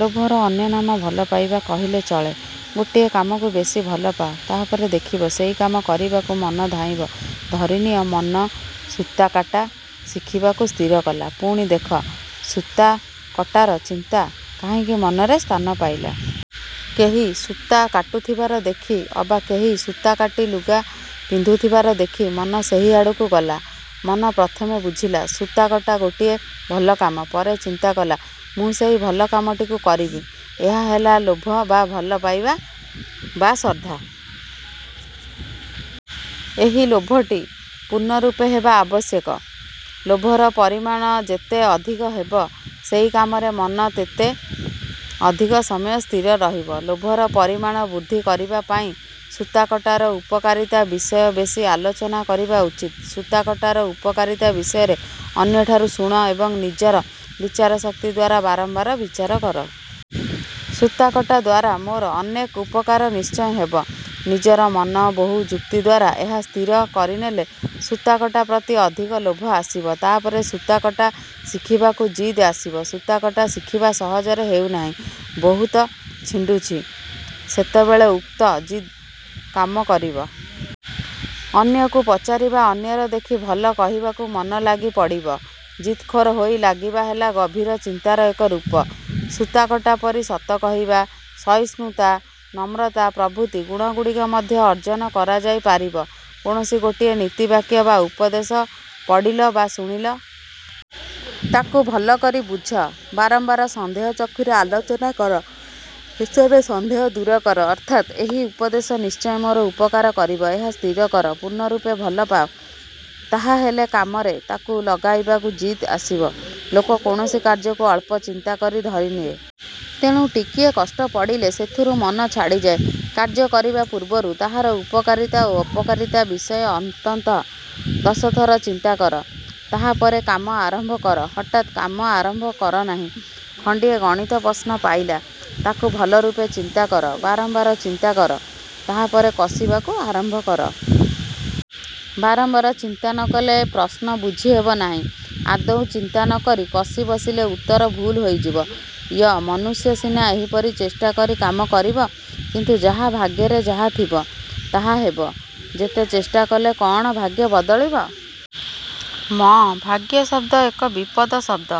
ଲୋଭର ଅନ୍ୟନାମ "ଭଲ ପାଇବା" କହିଲେ ଚଳେ। ଗୋଟିଏ କାମକୁ ବେଶୀ ଭଲ ପାଅ। ତାହାପରେ ଦେଖିବ, ସେହି କାମ କରିବାକୁ ମନ ଧାଇଁବ। ଧରି ନିଅ, ମନ ସୂତାକାଟା ଶିଖିବାକୁ ସ୍ଥିର କଲା। ପୁଣି ଦେଖ, ସୂତାକଟାର ଚିନ୍ତା କାହିଁକି ମନରେ ସ୍ଥାନ ପାଇଲା? କେହି ସୂତା କାଟୁଥିବାର ଦେଖି ଅବା କେହି ସୂତା କାଟି ଲୁଗା ପିନ୍ଧୁଥିବାର ଦେଖି ମନ ସେହି ଆଡ଼କୁ ଗଲା। ମନ ପ୍ରଥମେ ବୁଝିଲା, ସୂତାକଟା ଗୋଟିଏ ଭଲ କାମ। ପରେ ଚିନ୍ତା କଲା, ମୁଁ ସେହି ଭଲ କାମଟିକୁ କରିବି। ଏହା ହେଲା ଲୋଭ ବା ଭଲ ପାଇବା ବା ଶ୍ରଦ୍ଧା। ଏହି ଲୋଭଟି। ପୂର୍ଣ୍ଣରୂପେ ହେବା ଆବଶ୍ୟକା। ଲୋଭର ପରିମାଣ ଯେତେ ଅଧିକ ହେବ, ସେହି କାମରେ ମନ ତେତେ ଅଧିକ ସମୟ ସ୍ଥିର ରହିବ। ଲୋଭର ପରିମାଣ ବୃଦ୍ଧି କରିବା ପାଇଁ ସୂତାକଟାର ଉପକାରିତା ବିଷୟ ବେଶୀ ଆଲୋଚନା କରିବା ଉଚିତ। ସୂତାକଟାର ଉପକାରିତା ବିଷୟରେ ଅନ୍ୟଠାରୁ ଶୁଣ ଏବଂ ନିଜର ବିଚାରଶକ୍ତି ଦ୍ଵାରା ବାରମ୍ବାର ବିଚାର କର। ସୂତାକଟା ଦ୍ଵାରା ମୋର ଅନେକ ଉପକାର ନିଶ୍ଚୟ ହେବ। ନିଜର ମନ ବହୁ ଯୁକ୍ତି ଦ୍ଵାରା ଏହା ସ୍ଥିର କରିନେଲେ ସୂତାକଟା ପ୍ରତି ଅଧିକ ଲୋଭ ଆସିବ। ତାହାପରେ ସୂତାକଟା ଶିଖିବାକୁ ଜିଦ୍ ଆସିବ-। ସୂତାକଟା ଶିଖିବା ସହଜରେ ହେଉନାହିଁ, ବହୁତ ଛିଣ୍ଡୁଛି। ସେତେବେଳେ ଉକ୍ତ ଜିଦ୍ କାମ କରିବ। ଅନ୍ୟକୁ ପଚାରିବା ଅନ୍ୟର ଦେଖି ଭଲ କରିବାକୁ ମନ ଲାଗିପଡ଼ିବ। ଜିଦଖୋର୍ ହୋଇ ଲାଗିବା ହେଲା ଗଭୀର ଚିନ୍ତାର ଏକ ରୂପ। ସୂତାକଟାପରି ସତ କହିବା, ସହିଷ୍ଣୁତା, ନମ୍ରତା ପ୍ରଭୃତି ଗୁଣଗୁଡ଼ିକ ମଧ୍ୟ ଅର୍ଜନ କରାଯାଇ ପାରିବ। କୌଣସି ଗୋଟିଏ ନୀତିବାକ୍ୟ ବା ଉପଦେଶ ପଢ଼ିଲ ବା ଶୁଣିଲ। ତାକୁ ଭଲକରି ବୁଝ, ବାରମ୍ବାର ସନ୍ଦେହ ଚକ୍ଷୁରେ ଆଲୋଚନା କର; ଶେଷରେ ସନ୍ଦେହ ଦୂର କର ଅର୍ଥାତ୍ ଏହି ଉପଦେଶ ନିଶ୍ଚୟ ମୋର ଉପକାର କରିବ, ଏହା ସ୍ଥିର କର। ପୂର୍ଣ୍ଣରୂପେ ଭଲ ପାଅ, ତାହାହେଲେ କାମରେ ତାକୁ ଲଗାଇବାକୁ ଜିଦ୍ ଆସିବ। ଲୋକ କୌଣସି କାର୍ଯ୍ୟକୁ ଅଳ୍ପ ଚିନ୍ତା କରି ଧରିନିଏ। ତେଣୁ ଟିକିଏ କଷ୍ଟ ପଡ଼ିଲେ ସେଥିରୁ ମନ ଛାଡ଼ିଯାଏ। କାର୍ଯ୍ୟ କରିବା ପୂର୍ବରୁ ତାହାର ଉପକାରିତା ଓ ଅପକାରିତା ବିଷୟ ଅନ୍ତତଃ ଦଶଥର ଚିନ୍ତା କର, ତାହାପରେ କାମ ଆରମ୍ଭ କର। ହଠାତ୍ କାମ ଆରମ୍ଭ କର ନାହିଁ। ଖଣ୍ଡିଏ ଗଣିତ ପ୍ରଶ୍ନ ପାଇଲ। ତାକୁ ଭଲରୂପେ ଚିନ୍ତା କର, ବାରମ୍ବାର ଚିନ୍ତା କର; ତାହାପରେ କଷିବାକୁ ଆରମ୍ଭ କର। ବାରମ୍ବାର ଚିନ୍ତା ନ କଲେ ପ୍ରଶ୍ନ ବୁଝି ହେବ ନାହିଁ। ଆଦୌ ଚିନ୍ତା ନ କରି କଷି ବସିଲେ ଉତ୍ତର ଭୁଲ୍ ହୋଇଯିବ। ୟ-ମନୁଷ୍ୟ ସିନା ଏହିପରି ଚେଷ୍ଟା କରି କାମ କରିବ, କିନ୍ତୁ ଯାହା ଭାଗ୍ୟରେ ଯାହା ଥିବ; ତାହା ହେବ। ଯେତେ ଚେଷ୍ଟା କଲେ କଅଣ ଭାଗ୍ୟ ବଦଳିବ? ମ-ଭାଗ୍ୟ ଶବ୍ଦ ଏକ ବିପଦ ଶବ୍ଦ।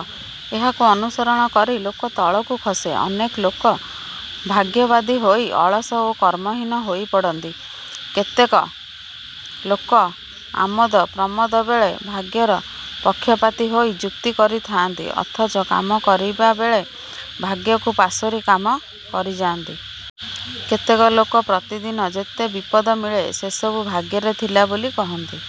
ଏହାକୁ ଅନୁସରଣ କରି ଲୋକ ତଳକୁ ଖସେ। ଅନେକ ଲୋକ ଭାଗ୍ୟବାଦୀ ହୋଇ ଅଳସ ଓ କର୍ମହୀନ ହୋଇ ପଡ଼ନ୍ତି। କେତେକ ଲୋକ ଆମୋଦ ପ୍ରମୋଦ ବେଳେ ଭାଗ୍ୟର ପକ୍ଷପାତୀ ହୋଇ ଯୁକ୍ତି କରିଥାନ୍ତି ଅଥଚ କାମ କରିବାବେଳେ ଭାଗ୍ୟକୁ ପାସୋରି କାମ କରିଯାନ୍ତି। କେତେକ ଲୋକ ପ୍ରତିଦିନ ଯେତେ ବିପଦ ମିଳେ ସେସବୁ ଭାଗ୍ୟରେ ଥିଲା ବୋଲି କହନ୍ତି,